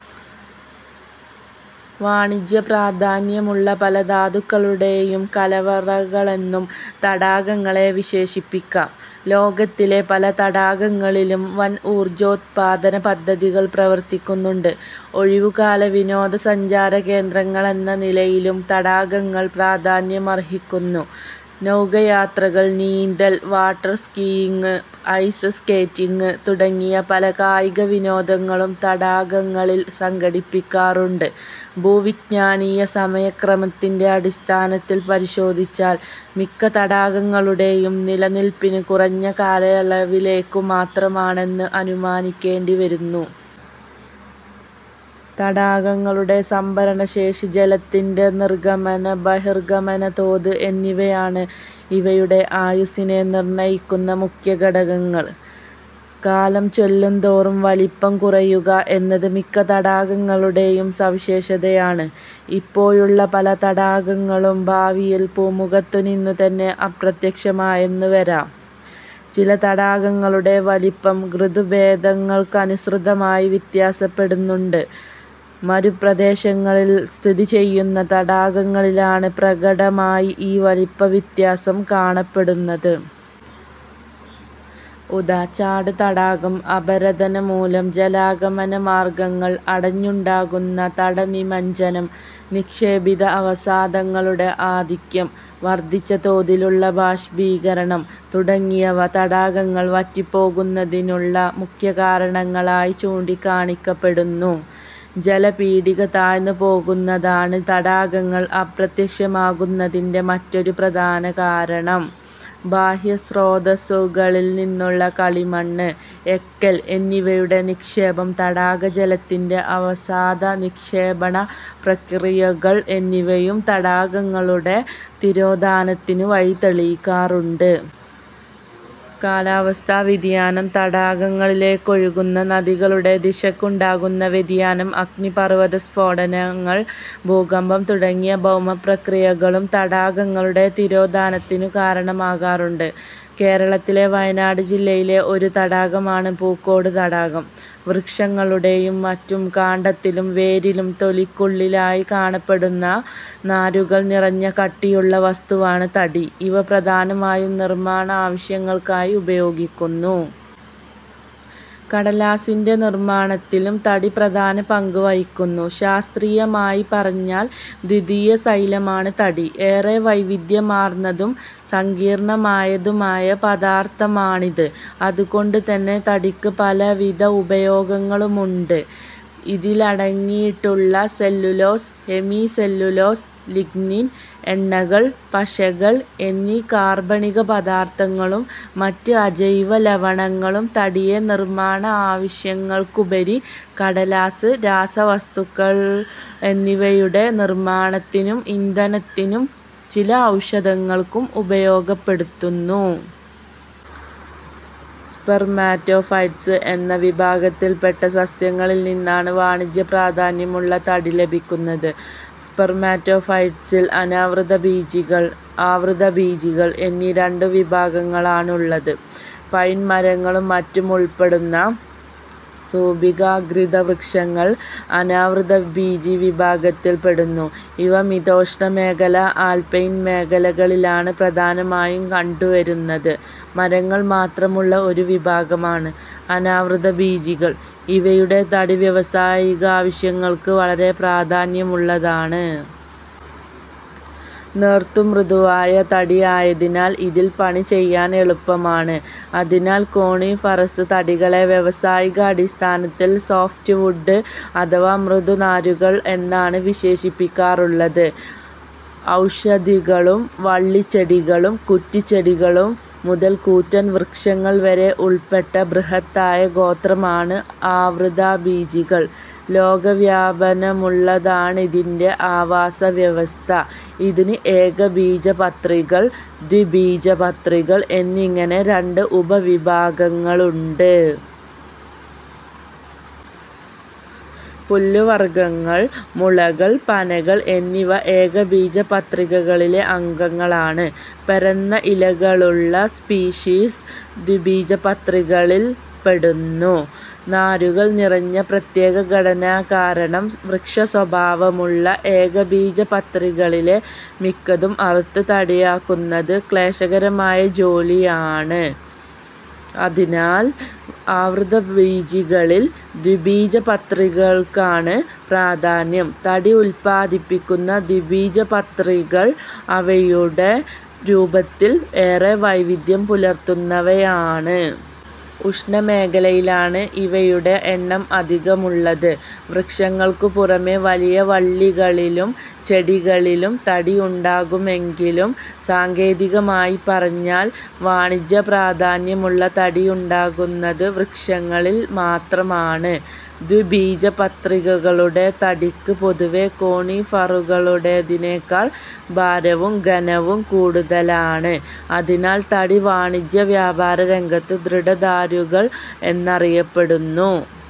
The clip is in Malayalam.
വാണിജ്യപ്രാധാന്യമുള്ള പല ധാതുക്കളുടേയും കലവറകളെന്നും തടാകങ്ങളെ വിശേഷിപ്പിക്കാം. ലോകത്തിലെ പല തടാകങ്ങളിലും വൻ ഊർജ്ജോത്പാദന പദ്ധതികൾ പ്രവർത്തിക്കുന്നുണ്ട്. ഒഴിവുകാല-വിനോദസഞ്ചാര കേന്ദ്രങ്ങളെന്ന നിലയിലും തടാകങ്ങൾ പ്രാധാന്യമർഹിക്കുന്നു. നൌകായാത്രകൾ, നീന്തൽ, വാട്ടർ സ്കീയിങ്, ഐസ് സ്കേറ്റിങ് തുടങ്ങിയ പല കായിക-വിനോദങ്ങളും തടാകങ്ങളിൽ സംഘടിപ്പിക്കാറുണ്ട്. ഭൂവിജ്ഞാനീയ സമയ ക്രമത്തിന്റെ അടിസ്ഥാനത്തിൽ പരിശോധിച്ചാൽ മിക്ക തടാകങ്ങളുടെയും നിലനില്പ് കുറഞ്ഞ കാലയളവിലേക്കു മാത്രമാ ണെന്ന് അനുമാനിക്കേണ്ടിവരുന്നു. തടാകങ്ങളുടെ സംഭരണശേഷി, ജലത്തിന്റെ നിർഗമന-ബഹിർഗമന തോത് എന്നിവയാണ് ഇവയുടെ ആയുസ്സിനെ നിർണയിക്കുന്ന മുഖ്യഘടകങ്ങൾ. കാലം ചെല്ലുന്തോറും വലിപ്പം കുറയുക എന്നത് മിക്ക തടാകങ്ങളുടേ യും സവിശേഷതയാണ്. ഇപ്പോഴുള്ള പല തടാകങ്ങളും ഭാവിയിൽ ഭൂമുഖത്തുനിന്നുതന്നെ അപ്രത്യക്ഷമായെന്നുവരാം. ചില തടാകങ്ങളുടെ വലിപ്പം ഋതുഭേദങ്ങൾക്കനുസൃതമായി വ്യത്യാസപ്പെടുന്നുണ്ട്. മരുപ്രദേശങ്ങളിൽ സ്ഥിതിചെയ്യുന്ന തടാകങ്ങളിലാണ് പ്രകടമായി ഈ വലിപ്പ വ്യത്യാസം കാണപ്പെടുന്നത്. ഉദാ. ഛാഡ് തടാകം. അപരദനംമൂലം ജലാഗമനമാർഗങ്ങൾ അടഞ്ഞുണ്ടാകുന്ന തടനിമജ്ജനം, നിക്ഷേപിത അവസാദങ്ങളുടെ ആധിക്യം, വർധിച്ച തോതിലുള്ള ബാഷ്പീകരണം തുടങ്ങിയവ തടാകങ്ങൾ വറ്റിപ്പോകുന്നതിനുള്ള മുഖ്യകാരണങ്ങളായി ചൂണ്ടിക്കാണിക്കപ്പെടുന്നു. ജലപീഠിക താഴ്ന്നുപോകുന്നതാണ് തടാകങ്ങൾ അപ്രത്യ ക്ഷമാകുന്നതിന്റെ മറ്റൊരു പ്രധാന കാരണം. ബാഹ്യസ്രോതസ്സുക ളിൽ നിന്നുള്ള കളിമണ്ണ്, എക്കൽ എന്നിവയുടെ നിക്ഷേപം, തടാക ജലത്തിന്റെ അവസാദ-നിക്ഷേപണ പ്രക്രിയകൾ എന്നിവയും തടാകങ്ങളുടെ തിരോധാനത്തിനു വഴിതെളിക്കാറുണ്ട്. കാലാവസ്ഥാ വ്യതിയാനം, തടാകങ്ങളിലേക്കൊഴുകുന്ന നദികളുടെ ദിശയ്ക്കുണ്ടാകുന്ന വ്യതിയാനം, അഗ്നിപർവത സ്ഫോടനങ്ങൾ, ഭൂകമ്പം തുടങ്ങിയ ഭൗമപ്രക്രിയകളും തടാകങ്ങളുടെ തിരോധാനത്തിനു കാരണമാകാറുണ്ട്. കേരളത്തിലെ വയനാട് ജില്ലയിലെ ഒരു തടാകമാണ് പൂക്കോട് തടാകം. വൃക്ഷങ്ങളുടേയും മറ്റും കാണ്ഡത്തിലും വേരിലും തൊലിക്കുള്ളിലായി കാണപ്പെടുന്ന നാരുകൾ നിറഞ്ഞ കട്ടിയുള്ള വസ്തുവാണ് തടി. ഇവ പ്രധാനമായും നിർമ്മാണാവശ്യങ്ങൾക്കായി ഉപയോഗിക്കുന്നു. കടലാസിന്റെ നിർമ്മാണത്തിലും തടി പ്രധാന പങ്ക് വഹിക്കുന്നു. ശാസ്ത്രീയമായി പറഞ്ഞാൽ ദ്വിതീയസൈലമാണ് തടി. ഏറെ വൈവിധ്യമാർന്നതും സങ്കീർണമായതുമായ പദാർഥമാണിത്. അതുകൊണ്ടുതന്നെ തടിക്ക് പലവിധ ഉപയോഗങ്ങളുമുണ്ട്. ഇതിലടങ്ങിയിട്ടുള്ള സെല്ലുലോസ്, ഹെമിസെല്ലുലോസ്, ലിഗ്നിൻ, എണ്ണകൾ, പശകൾ എന്നീ കാർബണിക പാദാർഥങ്ങളും മറ്റ് അജൈവ ലവണങ്ങളും തടിയെ നിർമ്മാണാവശ്യങ്ങൾക്കുപരി കടലാസ്, രാസവസ്തുക്കൾ എന്നിവയുടെ നിർമ്മാണത്തിനും ഇന്ധനത്തിനും ചില ഔഷധങ്ങൾക്കും ഉപയോഗപ്പെടുത്തുന്നു. സ്പെർമാറ്റോഫൈറ്റ്സ് എന്ന വിഭാഗത്തിൽപ്പെട്ട സസ്യങ്ങളിൽ നിന്നാണ് വാണിജ്യപ്രാധാന്യമുള്ള തടി ലഭിക്കുന്നത്. സ്പെർമാറ്റോഫൈറ്റ്സിൽ അനാവൃതബീജികൾ, ആവൃതബീജികൾ എന്നീ രണ്ടു വിഭാഗങ്ങളാണുള്ളത്. പൈൻമരങ്ങളും മറ്റും ഉൾപ്പെടുന്ന സ്തൂപികാഗ്രിതവൃക്ഷങ്ങൾ അനാവൃതബീജിവിഭാഗത്തിൽപ്പെടുന്നു. ഇവ മിതോഷ്ണമേഖലാ ആൽപൈൻ മേഖലകളിലാണ് പ്രധാനമായും കണ്ടുവരുന്നത്. മരങ്ങൾ മാത്രമുള്ള ഒരു വിഭാഗമാണ് അനാവൃതബീജികൾ. ഇവയുടെ തടി വ്യാവസായികാവശ്യങ്ങൾക്ക് വളരെ പ്രാധാന്യമുള്ളതാണ്. നേർത്തു മൃദുവായ തടിയായതിനാൽ ഇതിൽ പണിചെയ്യാൻ എളുപ്പമാണ്. അതിനാൽ കോണിഫറസ് തടികളെ വ്യാവസായികാടിസ്ഥാനത്തിൽ സോഫ്റ്റ് വുഡ് അഥവാ മൃദുനാരുകൾ എന്നാണ് വിശേഷിപ്പിക്കാറുള്ളത്. ഔഷധികളും വള്ളിച്ചെടികളും കുറ്റിച്ചെടികളും മുതൽ കൂറ്റൻ വൃക്ഷങ്ങൾ വരെ ഉൾപ്പെട്ട ബൃഹത്തായ ഗോത്രമാണ് ആവൃതബീജികൾ. ലോകവ്യാപനമുള്ളതാണിതിന്റെ ആവാസ വ്യവസ്ഥ. ഇതിന് ഏകബീജപത്രികൾ, ദ്വിബീജപത്രികൾ എന്നിങ്ങനെ രണ്ട് ഉപവിഭാഗങ്ങളുണ്ട്. പുല്ലുവർഗങ്ങൾ, മുളകൾ, പനകൾ എന്നിവ ഏകബീജപത്രികളിലെ അംഗങ്ങളാണ്. പരന്ന ഇലകളുള്ള സ്പീഷീസ് ദ്വിബീജപത്രികളിൽപ്പെടുന്നു. നാരുകൾ നിറഞ്ഞ പ്രത്യേക ഘടനകാരണം വൃക്ഷസ്വഭാവമുളള ഏകബീജപത്രികളിലെ മിക്കതും അറുത്ത് തടിയാക്കുന്നത് ക്ലേശകരമായ ജോലിയാണ്. അതിനാൽ ആവൃതബീജികളിൽ ദ്വിബീജപത്രികൾക്കാണ് പ്രാധാന്യം. തടി ഉത്പാദിപ്പിക്കുന്ന ദ്വിബീജപത്രികൾ അവയുടെ രൂപത്തിൽ ഏറെ വൈവിധ്യം പുലർത്തുന്നവയാണ്. ഉഷ്ണമേഖലയിലാണ് ഇവയുടെ എണ്ണം അധികമുള്ളത്. വൃക്ഷങ്ങൾക്കു പുറമേ വലിയ വള്ളികളിലും ചെടികളിലും തടി ഉണ്ടാകുമെങ്കിലും സാങ്കേതികമായി പറഞ്ഞാൽ വാണിജ്യ പ്രാധാന്യമുള്ള തടി ഉണ്ടാകുന്നത് വൃക്ഷങ്ങളിൽ മാത്രമാണ്. ദ്വിബീജപത്രികളുടെ തടിക്ക് പൊതുവേ കോണിഫറുകളുടേതിനേക്കാൾ ഭാരവും ഘനവും കൂടുതലാണ്. അതിനാൽ തടി വാണിജ്യ വ്യാപാര രംഗത്ത് ദൃഢദാരുകൾ എന്നറിയപ്പെടുന്നു.